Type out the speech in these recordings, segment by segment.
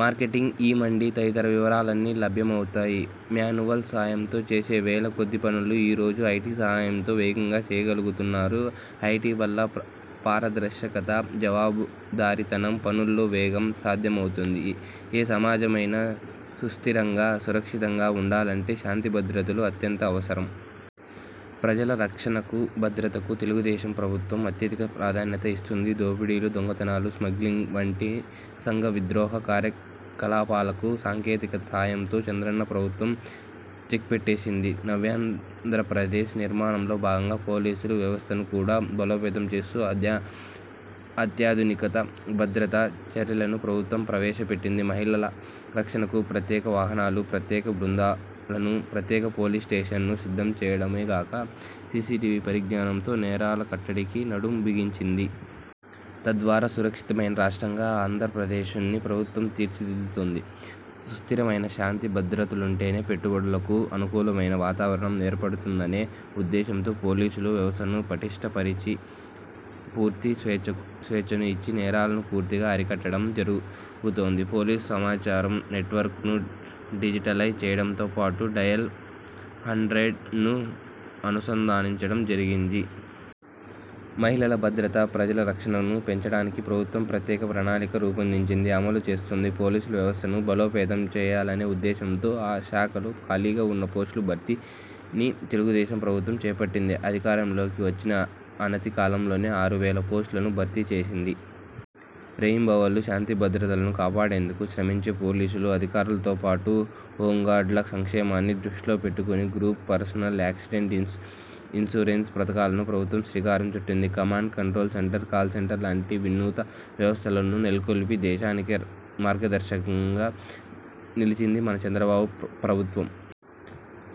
Marketing, ఈ-మండీ తదితర వివరాలన్నీ లభ్యమవుతాయి. మాన్యువల్ సాయంతో చేసే వేల కొద్దీ పనులు ఈ రోజు ఐటీ సహాయంతో వేగంగా చేయగలుగుతున్నారు. ఐటీ వల్ల పారదర్శకత, జవాబుదారీతనం, పనుల్లో వేగం సాధ్యమవుతుంది. ఏ సమాజమైనా సుస్థిరంగా, సురక్షితంగా ఉండాలంటే శాంతి భద్రతలు అత్యంత అవసరం. ప్రజల రక్షణకు, భద్రతకు తెలుగుదేశం ప్రభుత్వం అత్యధిక ప్రాధాన్యత ఇస్తుంది. దోపిడీలు, దొంగతనాలు, స్మగ్లింగ్, వంటి సంఘ విద్రోహ కార్యకలాపాలకు సాంకేతికత సాయంతో చంద్రన్న ప్రభుత్వం చెక్పెట్టింది. నవ్యాంధ్రప్రదేశ్ నిర్మాణంలో భాగంగా పోలీసు వ్యవస్థను కూడా బలోపేతం చేస్తూ అత్యాధునిక భద్రతా చర్యలను ప్రభుత్వం ప్రవేశపెట్టింది. మహిళల రక్షణకు ప్రత్యేక వాహనాలు, ప్రత్యేక బృందాలను, ప్రత్యేక పోలీస్ స్టెషన్లను సిద్ధం చేయడమే గాక, సీసీటీవీ పరిజ్ఞానంతో నేరాల కట్టడికి నడుం బిగించింది. తద్వారా సురక్షితమైన రాష్ట్రంగా ఆంధ్రప్రదేశ్ను ప్రభుత్వం తీర్చిదిద్దుతోంది. సుస్థిరమైన శాంతి భద్రతలుంటేనే పెట్టుబడులకు అనుకూలమైన వాతావరణం ఏర్పడుతుందనే ఉద్దేశంతో పోలీస్ వ్యవస్థను పటిష్ఠ పరిచి, పూర్తి స్వేచ్ఛను ఇచ్చి నేరాలను పూర్తిగా అరికట్టడం జరుగుతోంది. పోలీస్ సమాచారం నెట్వర్క్ ను డిజిటలైజ్ చేయడంతోపాటు డయల్ హండ్రెడ్ ను అనుసంధానించడం జరిగింది. మహిళల భద్రత, ప్రజల రక్షణను పెంచడానికి ప్రభుత్వం ప్రత్యేక ప్రణాళిక రూపొందించి అమలు చేస్తోంది. పోలీసు వ్యవస్థను బలోపేతం చేయాలనే ఉద్దేశంతో ఆ శాఖలో ఖాళీగా ఉన్న పోస్టుల భర్తీని తెలుగుదేశం ప్రభుత్వం చేపట్టింది. అధికారంలోకి వచ్చిన అనతి కాలంలోనే ఆరు వేల పోస్టులను భర్తీ చేసింది. రేయింబవళ్లు శాంతి భద్రతలను కాపాడేందుకు శ్రమించే పోలీసులు, అధికారులతో పాటు హోంగార్డుల సంక్షేమాన్ని దృష్టిలో పెట్టుకొని గ్రూప్ పర్సనల్ యాక్సిడెంట్స్ ఇన్సూరెన్స్ పథకానికి ప్రభుత్వం శ్రీకారం చుట్టింది. Command control centre, call centre లాంటి వినూత్న వ్యవస్థలను నెలకొల్పి దేశానికే మార్గదర్శకంగా నిలిచింది మన చంద్రబాబు ప్రభుత్వం.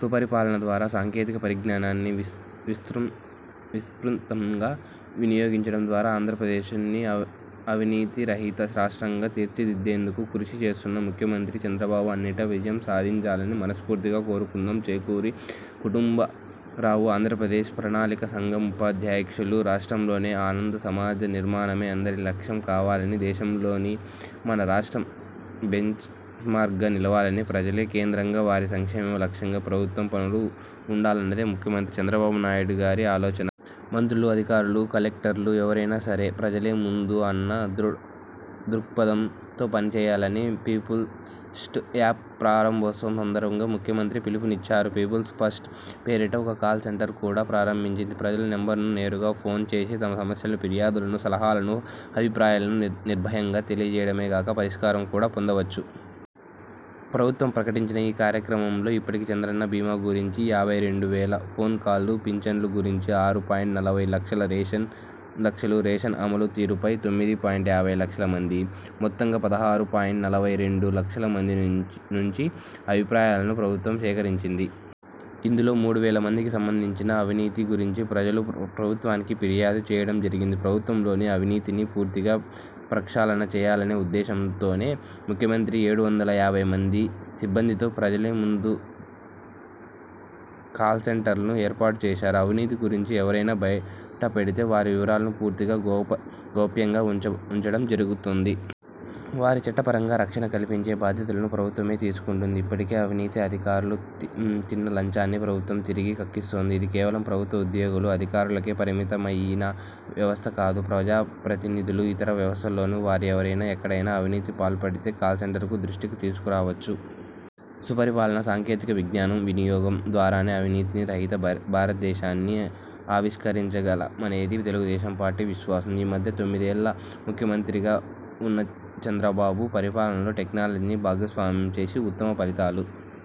సుపరిపాలన ద్వారా సాంకేతిక పరిజ్ఞానాన్ని విస్తృతంగా వినియోగించడం ద్వారా ఆంధ్రప్రదేశ్ను అవినీతిరహిత రాష్ట్రంగా తీర్చిదిద్దేందుకు కృషి చేస్తున్న ముఖ్యమంత్రి చంద్రబాబు అన్నింటా విజయం సాధించాలని మనస్ఫూర్తిగా కోరుకుందాం. చెరుకూరి కుటుంబరావుఆంధ్రప్రదేశ్ ప్రణాళికా సంఘం ఉపాధ్యక్షులు రాష్ట్రంలో ఆనంద సమాజ నిర్మాణమే అందరి లక్ష్యం కావాలి, దేశంలోనే మన రాష్ట్రం బెంచ్మార్క్ గా నిలవాలి, ప్రజలే కేంద్రంగా వారి సంక్షేమమే లక్ష్యంగా ప్రభుత్వ పనులు ఉండాలన్నదే ముఖ్యమంత్రి చంద్రబాబునాయుడి అలోచన. మంత్రులు, అధికారులు, కలెక్టర్లు, ఎవరైనా సరే ప్రజలే ముందు అన్న దృక్పథంతో పనిచేయాలని పీపుల్ఫస్ట్ యాప్ ప్రారంభోత్సవం సందర్భంగా ముఖ్యమంత్రి పిలుపునిచ్చారు. పీపుల్ ఫస్ట్ పేరిట ఒక కాల్ సెంటర్ను కూడా ప్రారంభించింది. ప్రజలు నెంబరుకు నేరుగా ఫోన్ చేసి తమ సమస్యలను, ఫిర్యాదులను, సలహాలను, అభిప్రాయాలను నిర్భయంగా తెలియచేయడమే గాక, పరిష్కారం కూడా పొందవచ్చు. ప్రభుత్వం ప్రకటించిన ఈ కార్యక్రమంలో ఇప్పటికే చంద్రన్న బీమా గురించి యాభై రెండు వేల ఫోన్ కాల్స్, పింఛన్ల గురించి ఆరు పాయింట్ నలభై లక్షలు, రేషన్ అమలు తీరుపై తొమ్మిది పాయింట్ యాభై లక్షల మంది. మొత్తంగా పదహారు పాయింట్ నలభై రెండు లక్షల మంది నుంచి అభిప్రాయాలను ప్రభుత్వం సేకరించింది. ఇందులో మూడు వేల మందికి సంబంధించిన అవినీతి గురించి ప్రజలు ప్రభుత్వానికి ఫిర్యాదు చేయడం జరిగింది. ప్రభుత్వంలోని అవినీతిని పూర్తిగా ప్రక్షాళన చేయాలనే ఉద్దేశంతోనే ముఖ్యమంత్రి ఏడు వందల యాభై మంది సిబ్బందితో ప్రజలే ముందు కాల్సెంటర్ను ఏర్పాటు చేశారు. అవినీతి గురించి ఎవరైనా బయటపెడితే వారి వివరాలను పూర్తి గోప్యంగా ఉంచడం జరుగుతోంది. వారికి చట్టపరంగా రక్షణ కల్పించే బాధ్యతను ప్రభుత్వమే తీసుకుంది. ఇప్పటికే అవినీతి అధికారులు తిన్న లంచాన్ని ప్రభుత్వం తిరిగి కక్కిస్తోంది. ఇది కేవలం ప్రభుత్వ ఉద్యోగులు, అధికారులకే పరిమితమయిన వ్యవస్థకాదు. ప్రజా ప్రతినిధులు, ఇతర వ్యవస్థల్లోని వారు ఎవరైనా ఎక్కడైనా అవినీతికి పాల్పడితే కాల్సెంటర్ దృష్టికి తీసుకురావచ్చు. సుపరిపాలన, సాంకేతిక విజ్ఞాన వినియోగం ద్వారానే అవినీతి రహిత భారతదేశాన్ని ఆవిష్కరించ గలమనేది తెలుగుదేశం పార్టీ విశ్వాసం. ఆ మధ్య తొమ్మిది ఏళ్లు ముఖ్యమంత్రిగా ఉన్న చంద్రబాబు పరిపాలనలో టెక్నాలజీని భాగస్వామ్యం చేసి ఉత్తమ ఫలితాలు